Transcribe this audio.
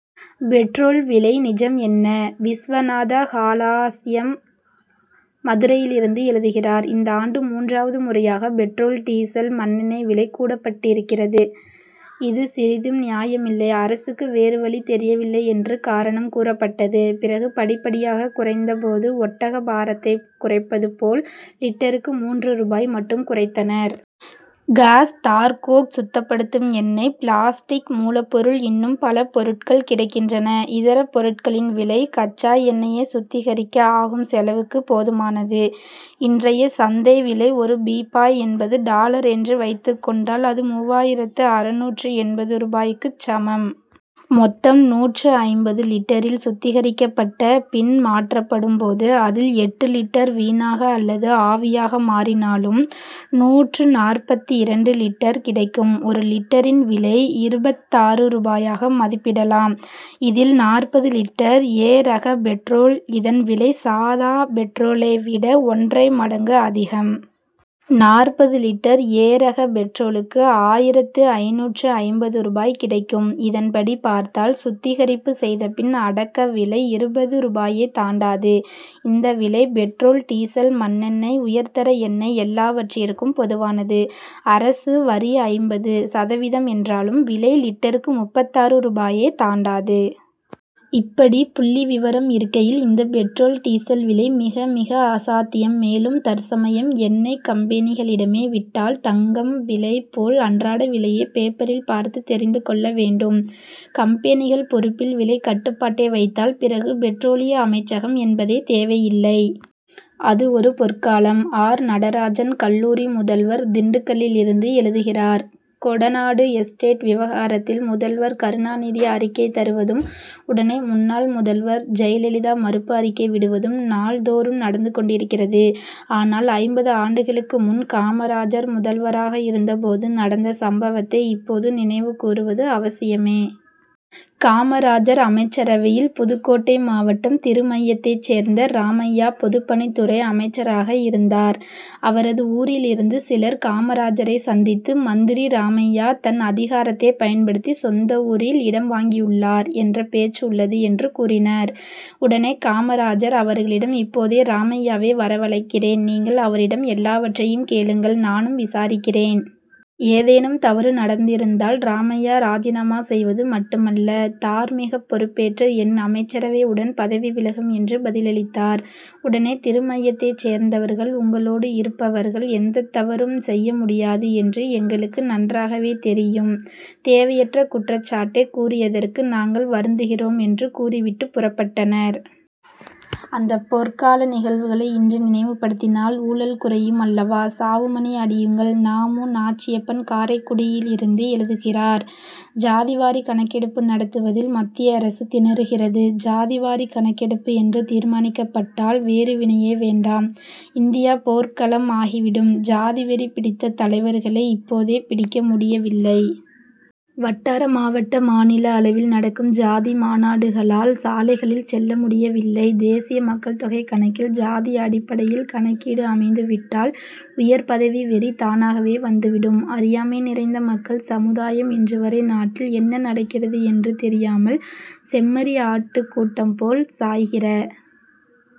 Petrol விலை நிஜம் என்ன? விஸ்வநாத ஹாலாஸ்யம், மதுரையிலிருந்து எழுதுகிறார் இந்த ஆண்டு மூன்றாவது முறையாக பெட்ரோல், டீசல், மண்ணெண்ணெய் விலை கூடப்பட்டிருக்கிறது. இது சிறிதும் நியாயமில்லை. அரசுக்கு வேறு வழி தெரியவில்லை என்று காரணம் கூறப்பட்டது. பிறகு படிப்படியாக குறைந்த போது, ஒட்டக பாரத்தைக் குறைப்பது போல், லிட்டருக்கு மூன்று ரூபாய் மட்டும் குறைத்தனர். காஸ், தார் கோக், சுத்தப்படுத்தும் எண்ணெய், பிளாஸ்டிக் மூலப்பொருள் இன்னும் பல பொருட்கள் கிடைக்கின்றன. இதர பொருட்களின் விலை, கச்சா எண்ணெயை சுத்திகரிக்க ஆகும் செலவுக்கு போதுமானது. இன்றைய சந்தை விலை, ஒரு பீப்பாய் எண்பது டாலர் என்று வைத்துக் கொண்டால், அது மூவாயிரத்து அறுநூற்று எண்பது ரூபாய்க்கு சமம். மொத்தம் நூற்று ஐம்பது லிட்டரில், சுத்திகரிக்கப்பட்ட பின் மாற்றப்படும் போது, அதில் எட்டு லிட்டர் வீணாக அல்லது ஆவியாக மாறினாலும், நூற்று நாற்பத்திரண்டு லிட்டர் கிடைக்கும். ஒரு லிட்டரின் விலை, இருபத்தாறு ரூபாயாக மதிப்பிடலாம். இதில் நாற்பது லிட்டர், ஏ ரக பெட்ரோல். இதன் விலை, சாதா பெட்ரோலை விட ஒன்ரை மடங்கு அதிகம். நாற்பது லிட்டர், ஏ ரக பெட்ரோலுக்கு ஆயிரத்து ஐந்நூற்று ஐம்பது ரூபாய் கிடைக்கும். இதன்படி பார்த்தால், சுத்திகரிப்பு செய்தபின், அடக்க விலை இருபது ரூபாயை தாண்டாது. இந்த விலை, பெட்ரோல், டீசல், மண்ணெண்ணெய், உயர்தர எண்ணெய் எல்லாவற்றிற்கும் பொதுவானது. அரசு வரி ஐம்பது சதவீதம் என்றாலும், விலை லிட்டருக்கு முப்பத்தாறு ரூபாயை தாண்டாது. இப்படி புள்ளி விவரம் இருக்கையில், இந்த பெட்ரோல், டீசல் விலை மிக, மிக அசாத்தியம். மேலும், தற்சமயம் எண்ணெய்க் கம்பெனிகளிடமே விட்டால், தங்கம் விலை போல், அன்றாட விலையைப் பேப்பரில் பார்த்து தெரிந்து கொள்ள வேண்டும். கம்பெனிகள் பொறுப்பில் விலைக் கட்டுப்பாட்டை வைத்தால், பிறகு பெட்ரோலிய அமைச்சகம் என்பதே தேவையில்லை. அது ஒரு பொற்காலம்! ஆர். நடராஜன், கல்லூரி முதல்வர், திண்டுக்கலிலிருந்து எழுதுகிறார் கோடநாடு எஸ்டேட் விவகாரத்தில், முதல்வர் கருணாநிதி அறிக்கை தருவதும், உடனே, முன்னாள் முதல்வர் ஜெயலலிதா மறுப்பு அறிக்கை விடுவதும், நாள் தோறும் நடந்து கொண்டிருக்கிறது. ஆனால், ஐம்பது ஆண்டுகளுக்கு முன், காமராஜர் முதல்வராக இருந்த போது நடந்த சம்பவத்தை, இப்போது நினைவு கூறுவது அவசியமே! காமராஜர் அமைச்சரவையில், புதுக்கோட்டை மாவட்டம் திருமயத்தைச் சேர்ந்த ராமையா, பொதுப்பணித்துறை அமைச்சராக இருந்தார். அவரது ஊரிலிருந்து சிலர், காமராஜரைச் சந்தித்து, மந்திரி ராமையா தன் அதிகாரத்தைப் பயன்படுத்தி, சொந்த ஊரில் இடம் வாங்கியுள்ளார் என்ற பேச்சு உள்ளது என்று கூறினர். உடனே காமராஜர் அவர்களிடம், இப்போதே ராமையாவை வரவழைக்கிறேன் நீங்கள் அவரிடம் எல்லாவற்றையும் கேளுங்கள் நானும் விசாரிக்கிறேன். ஏதேனும் தவறு நடந்திருந்தால், ராமையா ராஜினாமா செய்வது மட்டுமல்ல, தார்மீகப் பொறுப்பேற்று, என் அமைச்சரவை உடன் பதவி விலகும் என்று பதிலளித்தார். உடனே திருமயத்தைச் சேர்ந்தவர்கள், உங்களோடு இருப்பவர்கள் எந்தத் தவறும் செய்ய முடியாது என்று எங்களுக்கு நன்றாகவே தெரியும். தேவையற்ற குற்றச்சாட்டைக் கூறியதற்கு நாங்கள் வருந்துகிறோம் என்று கூறிவிட்டுப் புறப்பட்டனர். அந்தப் பொற்கால நிகழ்வுகளை இன்று நினைவுபடுத்தினால், ஊழல் குறையும் அல்லவா! சாவு மணி அடியுங்கள்! நா. மு. நாச்சியப்பன், காரைக்குடியிலிருந்து எழுதுகிறார் ஜாதிவாரிக் கணக்கெடுப்பு நடத்துவதில் மத்திய அரசு திணறுகிறது. ஜாதிவாரிக் கணக்கெடுப்பு என்று தீர்மானிக்கப்பட்டால், வேறுவினையே வேண்டாம்; இந்தியா போர்க்களம் ஆகிவிடும். ஜாதிவெறி பிடித்த தலைவர்களை, இப்போதே பிடிக்க முடியவில்லை. வட்டார, மாவட்ட, மாநில அளவில் நடக்கும் ஜாதி மாநாடுகளால், சாலைகளில் செல்ல முடியவில்லை. தேசிய மக்கள்தொகைக் கணக்கில், ஜாதி அடிப்படையில் கணக்கீடு அமைந்துவிட்டால், உயர்பதவி வெறி, தானாகவே வந்துவிடும். அறியாமை நிறைந்த மக்கள் சமுதாயம், இன்றுவரை நாட்டில் என்ன நடக்கிறது என்று தெரியாமல், செம்மறி ஆட்டுக் கூட்டம் போல், சாய்கிற